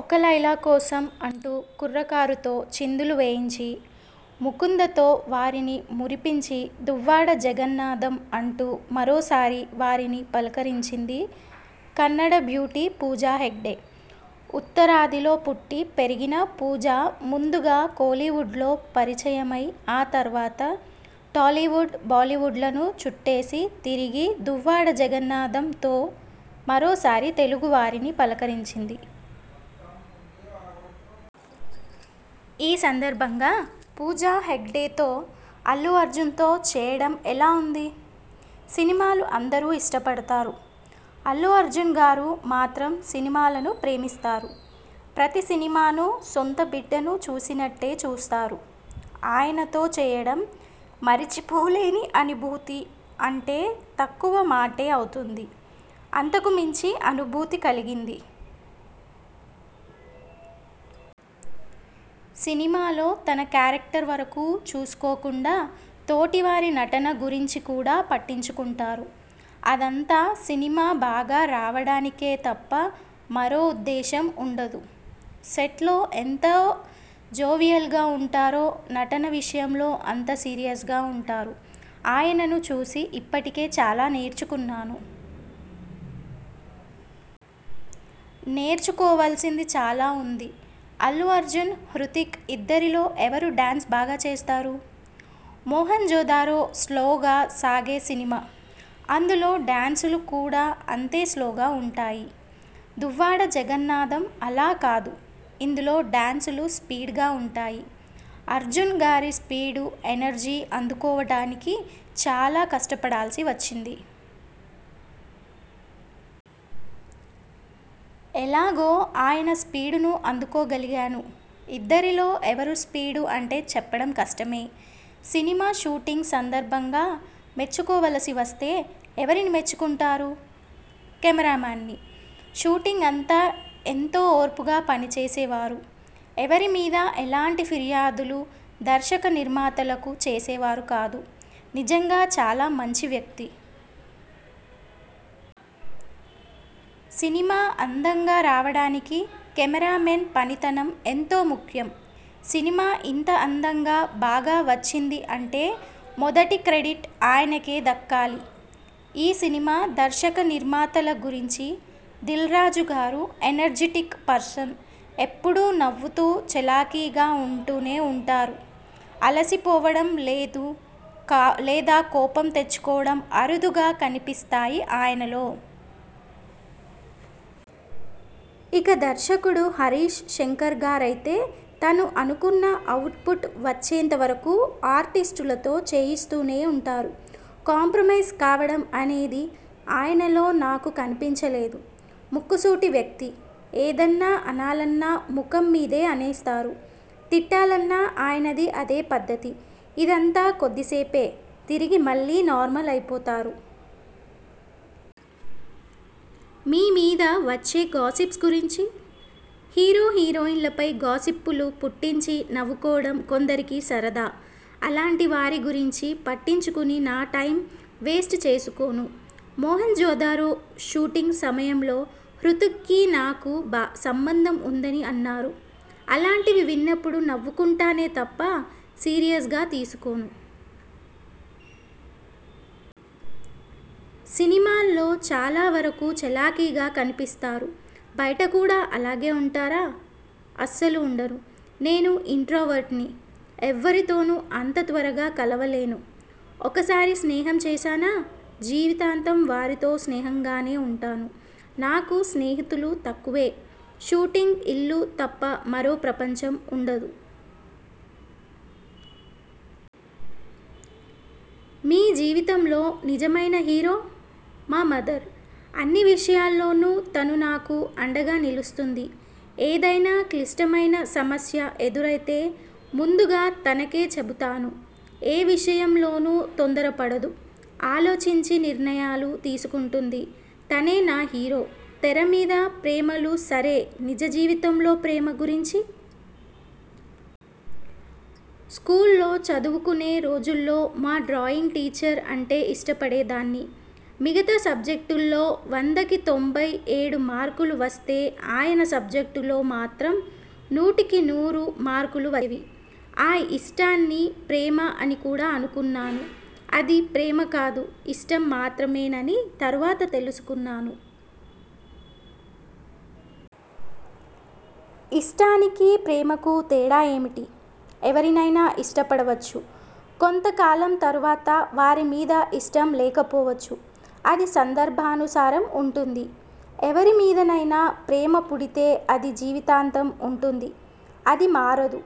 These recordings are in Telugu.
ఒక లైలా కోసం అంటూ కుర్రకారుతో చిందులు వేయించి, 'ముకుంద'తో వారిని మురిపించి 'దువ్వాడ జగన్నాథం' అంటూ మరోసారి వారిని పలకరించింది కన్నడ బ్యూటీ పూజా హెగ్డె. ఉత్తరాదిలో పుట్టి పెరిగిన పూజా ముందుగా కోలీవుడ్లో పరిచయమై, ఆ తర్వాత టాలీవుడ్, బాలీవుడ్లను చుట్టేసి తిరిగి 'దువ్వాడ జగన్నాథం'తో మరోసారి తెలుగు వారిని పలకరించింది. ఈ సందర్భంగా పూజా హెగ్డెతో- అల్లుఅర్జున్తో చేయడం ఎలా ఉంది? సినిమాలు అందరూ ఇష్టపడతారు. అల్లు అర్జున్గారు మాత్రం సినిమాలను ప్రేమిస్తారు. ప్రతి సినిమాను సొంత బిడ్డను చూసినట్టే చూస్తారు. ఆయనతో చేయడం మరిచిపోలేని అనుభూతి అంటే తక్కువ మాటే అవుతుంది. అంతకుమించి అనుభూతి కలిగింది. సినిమాలో తన క్యారక్టర్ వరకూ చూసుకోకుండా తోటి వారి నటన గురించి కూడా పట్టించుకుంటారు. అదంతా సినిమా బాగా రావడానికే తప్ప మరో ఉద్దేశం ఉండదు. సెట్లో ఎంత జోవియల్గా ఉంటారో, నటన విషయంలో అంత సీరియస్గా ఉంటారు. ఆయనను చూసి ఇప్పటికే చాలా నేర్చుకున్నాను. నేర్చుకోవలసింది చాలా ఉంది. అల్లు అర్జున్, హృతిక్ ఇద్దరిలో ఎవరు డ్యాన్స్ బాగా చేస్తారు? 'మొహంజదారో' స్లోగా సాగే సినిమా. అందులో డ్యాన్సులు కూడా అంతే స్లోగా ఉంటాయి. 'దువ్వాడ జగన్నాథం' అలా కాదు. ఇందులో డ్యాన్సులు స్పీడ్గా ఉంటాయి.. అర్జున్గారి స్పీడు, ఎనర్జీ అందుకోవడానికి చాలా కష్టపడాల్సి వచ్చింది. ఎలాగో ఆయన స్పీడును అందుకోగలిగాను. ఇద్దరిలో ఎవరు స్పీడు అంటే చెప్పడం కష్టమే! సినిమా షూటింగ్ సందర్భంగా మెచ్చుకోవలసి వస్తే ఎవరిని మెచ్చుకుంటారు? కెమెరామెన్ని. షూటింగ్ అంతా ఎంతో ఓర్పుగా పనిచేసేవారు. ఎవరిమీదా ఎలాంటి ఫిర్యాదులు దర్శకనిర్మాతలకు చేసేవారు కాదు. నిజంగా చాలా మంచి వ్యక్తి. సినిమా అందంగా రావడానికి కెమెరామెన్ పనితనం ఎంతో ముఖ్యం. సినిమా ఇంత అందంగా, బాగా వచ్చింది అంటే మొదటి క్రెడిట్ ఆయనకే దక్కాలి. ఈ సినిమా దర్శకనిర్మాతల గురించి దిల్రాజుగారు ఎనర్జిటిక్ పర్సన్. ఎప్పుడూ నవ్వుతూ, చలాకీగా ఉంటూనే ఉంటారు. అలసి పోవడం, లేదా కోపం తెచ్చుకోవడం అరుదుగా కనిపిస్తాయి ఆయనలో. ఇక దర్శకుడు హరీష్ శంకర్గారయితే తను అనుకున్న అవుట్పుట్ వచ్చేంత వరకూ ఆర్టిస్టులతో చేయిస్తూనే ఉంటారు. కాంప్రమైజ్ కావడం అనేది ఆయనలో నాకు కనిపించలేదు. ముక్కుసూటి వ్యక్తి. ఏదన్నా అనాలన్నా ముఖం మీదే అనేస్తారు. తిట్టాలన్నా ఆయనది అదే పద్ధతి. ఇదంతా కొద్దిసేపే. తిరిగి మళ్ళీ నార్మల్ అయిపోతారు. మీమీద వచ్చే గాసిప్స్ గురించి? హీరో హీరోయిన్లపై గాసిప్పులు పుట్టించి నవ్వుకోవడం కొందరికి సరదా. అలాంటి వారి గురించి పట్టించుకుని నా టైం వేస్ట్ చేసుకోను. 'మొహంజదారో' షూటింగ్ సమయంలో హృతిక్కీ నాకు సంబంధం ఉందని అన్నారు. అలాంటివి విన్నప్పుడు నవ్వుకుంటానే తప్ప సీరియస్గా తీసుకోను. సినిమాల్లో చాలా వరకూ చలాకీగా కనిపిస్తారు. బయట కూడా అలాగే ఉంటారా? అస్సలు ఉండను. నేను ఇంట్రావర్ట్ని. ఎవ్వరితోనూ అంత త్వరగా కలవలేను. ఒకసారి స్నేహం చేశానా? జీవితాంతం వారితో స్నేహంగానే ఉంటాను. నాకు స్నేహితులు తక్కువే! షూటింగ్, ఇల్లు తప్ప మరో ప్రపంచం ఉండదు. మీ జీవితంలో నిజమైన హీరో? మా మదర్. అన్ని విషయాల్లోనూ తను నాకు అండగా నిలుస్తుంది. ఏదైనా క్లిష్టమైన సమస్య ఎదురైతే ముందుగా తనకే చెబుతాను. ఏ విషయంలోనూ తొందరపడదు. ఆలోచించి నిర్ణయాలు తీసుకుంటుంది. తనే నా హీరో. తెర మీద ప్రేమలు సరే నిజజీవితంలోప్రేమ గురించి? స్కూల్లో చదువుకునే రోజుల్లో మా డ్రాయింగ్ టీచర్ అంటే ఇష్టపడేదాన్ని. మిగత సబ్జెక్టుల్లో వందకి తొంభై ఏడు మార్కులు వస్తే ఆయన సబ్జెక్టులో మాత్రం నూటికినూరు మార్కులు వచ్చేవి. ఆ ఇష్టాన్ని ప్రేమ అని కూడా అనుకున్నాను. అది ప్రేమ కాదు, ఇష్టం మాత్రమేనని తరువాత తెలుసుకున్నాను. ఇష్టానికీ, ప్రేమకూ తేడా ఏమిటి? ఎవరినైనా ఇష్టపడవచ్చు. కొంత కాలం తరువాత వారి మీద ఇష్టం లేకపోవచ్చు. అది సందర్భానుసారం ఉంటుంది. ఎవరిమీదనైనా ప్రేమ పుడితే అది జీవితాంతం ఉంటుంది. అది మారదు.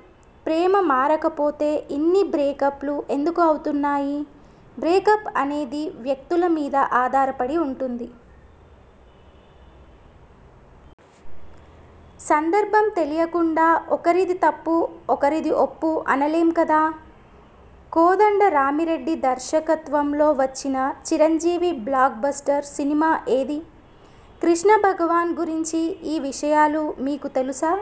ప్రేమ మారకపోతే ఇన్ని బ్రేకప్లు ఎందుకు అవుతున్నాయి? బ్రేకప్ అనేది వ్యక్తుల మీద ఆధారపడి ఉంటుంది. సందర్భం తెలియకుండా ఒకరిది తప్పు, ఒకరిది ఒప్పు అనలేం కదా? కోదండరామిరెడ్డి దర్వకత్వంలో వచ్చిన చిరంజీవి బ్లాక్ బస్టర్ సినిమా ఏది? కృష్ణభగవాన్ గురించి ఈ విషయాలు మీకు తెలుసా?